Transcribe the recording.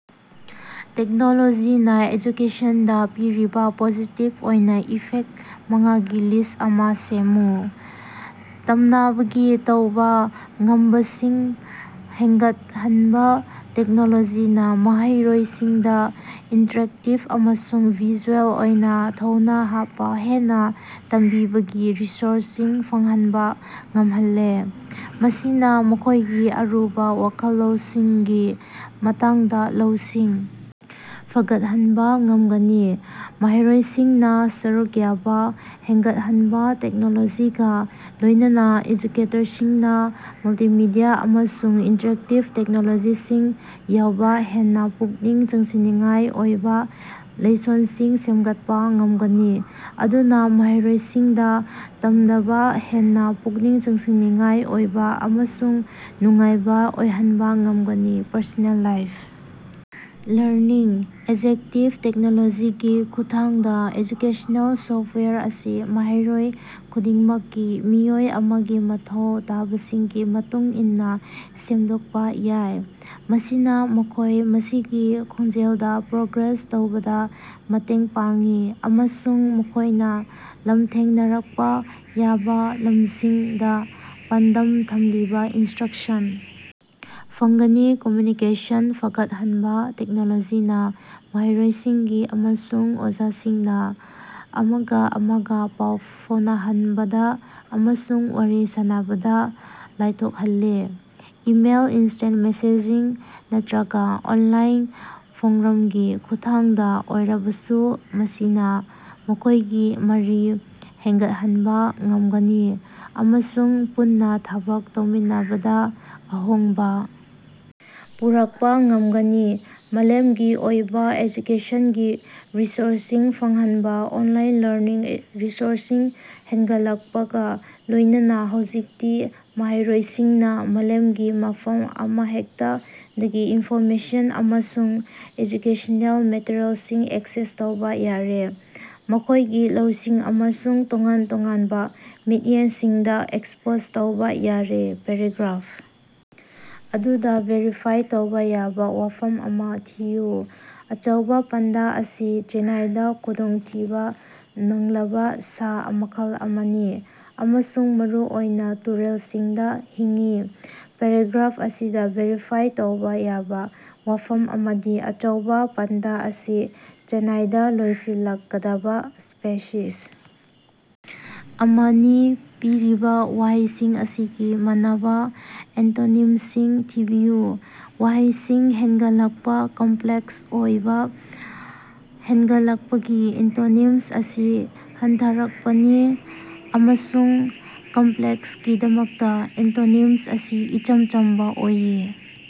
ꯇꯦꯛꯅꯣꯂꯣꯖꯤꯅ ꯑꯦꯖꯨꯀꯦꯁꯟꯗ ꯄꯤꯔꯤꯕ ꯄꯣꯖꯤꯇꯤꯞ ꯑꯣꯏꯅ ꯏꯐꯦꯛ ꯃꯉꯥꯒꯤ ꯂꯤꯁ ꯑꯃ‌ ꯁꯦꯝꯃꯨ꯫ ꯇꯝꯅꯕꯒꯤ ꯇꯧꯕ ꯉꯝꯕꯁꯤꯡ ꯍꯦꯟꯒꯠꯍꯟꯕ- ꯇꯦꯛꯅꯣꯂꯣꯖꯤꯅ ꯃꯍꯩꯔꯣꯏꯁꯤꯡꯗ ꯏꯟꯇꯔꯦꯛꯇꯤꯞ ꯑꯃꯁꯨꯡ ꯚꯤꯖꯨꯑꯦꯜ ꯑꯣꯏꯅ ꯊꯧꯅꯥ ꯍꯥꯞꯄ ꯍꯦꯟꯅ ꯇꯝꯕꯤꯕꯒꯤ ꯔꯤꯁꯣꯔꯁꯁꯤꯡ ꯐꯪꯍꯟꯕ ꯉꯝꯍꯜꯂꯦ, ꯃꯁꯤꯅ ꯃꯈꯣꯏꯒꯤ ꯑꯔꯨꯕ ꯋꯥꯈꯜꯂꯣꯟꯁꯤꯡꯒꯤ ꯃꯇꯥꯡꯗ ꯂꯧꯁꯤꯡ ꯐꯒꯠꯍꯟꯕ ꯉꯝꯒꯅꯤ꯫ ꯃꯍꯩꯔꯣꯏꯁꯤꯡꯅ ꯁꯔꯨꯛ ꯌꯥꯕ ꯍꯦꯟꯒꯠꯍꯟꯕ- ꯇꯦꯛꯅꯣꯂꯣꯖꯤꯒ ꯂꯣꯏꯅꯅ ꯑꯦꯖꯨꯀꯦꯇꯔꯁꯤꯡꯅ ꯃꯜꯇꯤꯃꯦꯗꯤꯌꯥ ꯑꯃꯁꯨꯡ ꯏꯟꯇꯔꯦꯛꯇꯤꯕ ꯇꯦꯛꯅꯣꯂꯣꯖꯤꯁꯤꯡ ꯌꯥꯎꯕ ꯍꯦꯟꯅ ꯄꯨꯛꯅꯤꯡ ꯆꯤꯡꯁꯤꯟꯅꯤꯡꯉꯥꯏ ꯑꯣꯏꯕ ꯂꯥꯏꯁꯣꯟꯁꯤꯡ ꯁꯦꯝꯒꯠꯄ ꯉꯝꯒꯅꯤ, ꯃꯗꯨꯅ ꯃꯍꯩꯔꯣꯏꯁꯤꯡꯗ ꯇꯝꯕꯗ ꯍꯦꯟꯅ ꯄꯨꯛꯅꯤꯡ ꯆꯤꯡꯁꯤꯟꯅꯤꯡꯉꯥꯏ ꯑꯣꯏꯕ ꯑꯃꯁꯨꯡ ꯅꯨꯡꯉꯥꯏꯕ ꯑꯣꯏꯍꯟꯕ ꯉꯝꯒꯅꯤ꯫ ꯄꯔꯁꯣꯅꯦꯂꯥꯏꯖ ꯂꯔꯅꯤꯡ- ꯑꯦꯛꯖꯦꯛꯇꯤꯞ ꯇꯦꯛꯅꯣꯂꯣꯖꯤꯒꯤ ꯈꯨꯠꯊꯥꯡꯗ, ꯑꯦꯖꯨꯀꯦꯁꯅꯦꯜ ꯁꯣꯐꯋꯦꯌꯔ ꯑꯁꯤ ꯃꯍꯩꯔꯣꯏ ꯈꯨꯗꯤꯡꯃꯛꯀꯤ ꯃꯤꯑꯣꯏ ꯑꯃꯒꯤ ꯃꯊꯧ ꯇꯥꯕꯁꯤꯡꯒꯤ ꯃꯇꯨꯡ ꯏꯟꯅ ꯁꯦꯝꯗꯣꯛꯄ ꯌꯥꯏ, ꯃꯁꯤꯅ ꯃꯈꯣꯏ ꯃꯁꯥꯒꯤ ꯈꯣꯡꯖꯦꯜꯗ‌ ꯄ꯭ꯔꯣꯒ꯭ꯔꯦꯁ ꯇꯧꯕꯗ ꯃꯇꯦꯡ ꯄꯥꯡꯏ ꯑꯃꯁꯨꯡ ꯃꯈꯣꯏꯅ ꯂꯥꯟꯊꯦꯡꯅꯔꯛꯄ ꯌꯥꯕ ꯂꯝꯁꯤꯡꯗ ꯄꯥꯟꯗꯝ ꯊꯝꯂꯤꯕ‌ ꯏꯟꯁꯇ꯭ꯔꯛꯁꯟ ꯐꯪꯒꯅꯤ꯫ ꯀꯝꯃ꯭ꯌꯨꯅꯤꯀꯦꯁꯟ ꯐꯒꯠꯍꯟꯕ- ꯇꯦꯛꯅꯣꯂꯣꯖꯤꯅ ꯃꯍꯩꯔꯣꯏꯁꯤꯡ ꯑꯃꯁꯨꯡ ꯑꯣꯖꯥꯁꯤꯡꯅ ꯑꯃꯒ ꯑꯃꯒ ꯄꯥꯎ ꯐꯥꯎꯅꯍꯟꯕꯗ ꯑꯃꯁꯨꯡ ꯋꯥꯔꯤ ꯁꯥꯅꯕꯗ ꯂꯥꯏꯊꯣꯛꯍꯜꯂꯦ, ꯏꯃꯦꯜ, ꯏꯟꯁꯇꯦꯟ ꯃꯦꯁꯦꯖꯤꯡ, ꯅꯠꯇ꯭ꯔꯒ ꯑꯣꯟꯂꯥꯏꯟ ꯐꯣꯔꯝꯒꯤ ꯈꯨꯠꯊꯥꯡꯗ ꯑꯣꯏꯔꯕꯁꯨ, ꯃꯁꯤꯅ ꯃꯈꯣꯏꯒꯤ ꯃꯔꯤ ꯍꯦꯟꯒꯠꯍꯟꯕ ꯉꯝꯒꯅꯤ ꯑꯃꯁꯨꯡ ꯄꯨꯟꯅ ꯊꯕꯛ ꯇꯧꯃꯤꯟꯅꯕꯗ ꯑꯍꯣꯡꯕ ꯄꯨꯔꯛꯄ ꯉꯝꯒꯅꯤ꯫ ꯃꯥꯂꯦꯝꯒꯤ ꯑꯣꯏꯕ ꯑꯦꯖꯨꯀꯦꯁꯟꯒꯤ ꯔꯤꯁꯣꯔꯁꯁꯤꯡ ꯐꯪꯍꯟꯕ- ꯑꯣꯟꯂꯥꯏꯟ ꯂꯔꯅꯤꯡ ꯔꯤꯁꯣꯔꯁꯁꯤꯡ ꯍꯦꯟꯒꯠꯂꯛꯄꯒ ꯂꯣꯏꯅꯅ ꯍꯧꯖꯤꯛꯇꯤ ꯃꯍꯩꯔꯣꯏꯁꯤꯡꯅ ꯃꯥꯂꯦꯝꯒꯤ ꯃꯐꯝ ꯑꯃꯍꯦꯛꯇꯗꯒꯤ ꯏꯟꯐꯣꯔꯃꯦꯁꯟ ꯑꯃꯁꯨꯡ ꯑꯦꯖꯨꯀꯦꯁꯅꯦꯜ ꯃꯦꯇꯔꯤꯌꯦꯜꯁꯤꯡ ꯑꯦꯛꯁꯦꯁ ꯇꯧꯕ ꯌꯥꯔꯦ, ꯃꯈꯣꯏꯒꯤ ꯂꯧꯁꯤꯡ ꯑꯃꯁꯨꯡ ꯇꯣꯉꯥꯟ-ꯇꯣꯉꯥꯟꯕ ꯃꯤꯠꯌꯦꯡꯁꯤꯡꯗ‌ ꯑꯦꯛꯁꯄꯣꯖ ꯇꯧꯕ ꯌꯥꯔꯦ꯫ ꯄꯦꯔꯥꯒ꯭ꯔꯥꯐ ꯑꯗꯨꯗ, ꯚꯦꯔꯤꯐꯥꯏ ꯇꯧꯕ ꯌꯥꯕ ꯋꯥꯐꯝ ꯑꯃ ꯊꯤꯌꯨ꯫ ꯑꯆꯧꯕꯥ ꯄꯥꯟꯗꯥ ꯑꯁꯤ ꯆꯦꯏꯅꯥꯏꯗꯥ ꯈꯨꯗꯣꯡꯊꯤꯕ ꯅꯪꯂꯕ ꯁꯥ ꯃꯈꯜ ꯑꯃꯅꯤ ꯑꯃꯁꯨꯡ ꯃꯔꯨꯑꯣꯏꯅ ꯇꯨꯔꯦꯜꯁꯤꯡꯗ ꯍꯤꯡꯏ꯫ ꯄꯦꯔꯥꯒ꯭ꯔꯥꯐ ꯑꯁꯤꯗꯥ ꯚꯦꯔꯤꯐꯥꯏ ꯇꯧꯕꯥ ꯌꯥꯕ ꯋꯥꯐꯝ ꯑꯃꯗꯤ "ꯑꯆꯧꯕꯥ ꯄꯥꯟꯗꯥ ꯑꯁꯤ ꯆꯦꯏꯅꯥꯏꯗꯥ ꯂꯣꯏꯁꯤꯜꯂꯛꯀꯗꯕ ꯁ꯭ꯄꯦꯁꯤꯁ ꯑꯃꯅꯤ꯫" ꯄꯤꯔꯤꯕ ꯋꯥꯍꯩꯁꯤꯡ ꯑꯁꯤꯒꯤ ꯃꯥꯟꯅꯕꯥ ꯑꯦꯟꯇꯣꯅꯤꯝꯁꯤꯡ ꯊꯤꯕꯤꯌꯨ꯫ ꯋꯥꯍꯩꯁꯤꯡ: ꯍꯦꯟꯒꯠꯂꯛꯄ, ꯀꯝꯄ꯭ꯂꯦꯛꯁ ꯑꯣꯏꯕ꯫ ꯍꯦꯟꯒꯠꯂꯛꯄꯒꯤ ꯑꯦꯟꯇꯣꯅꯤꯝ ꯑꯁꯤ ꯍꯟꯊꯔꯛꯄꯅꯤ ꯑꯃꯁꯨꯡ ꯀꯝꯄ‍꯭ꯂꯦꯛꯁꯀꯤꯗꯃꯛꯇ ꯑꯦꯟꯇꯣꯅꯤꯝ ꯑꯁꯤ ꯏꯆꯝ ꯆꯝꯕ ꯑꯣꯏ꯫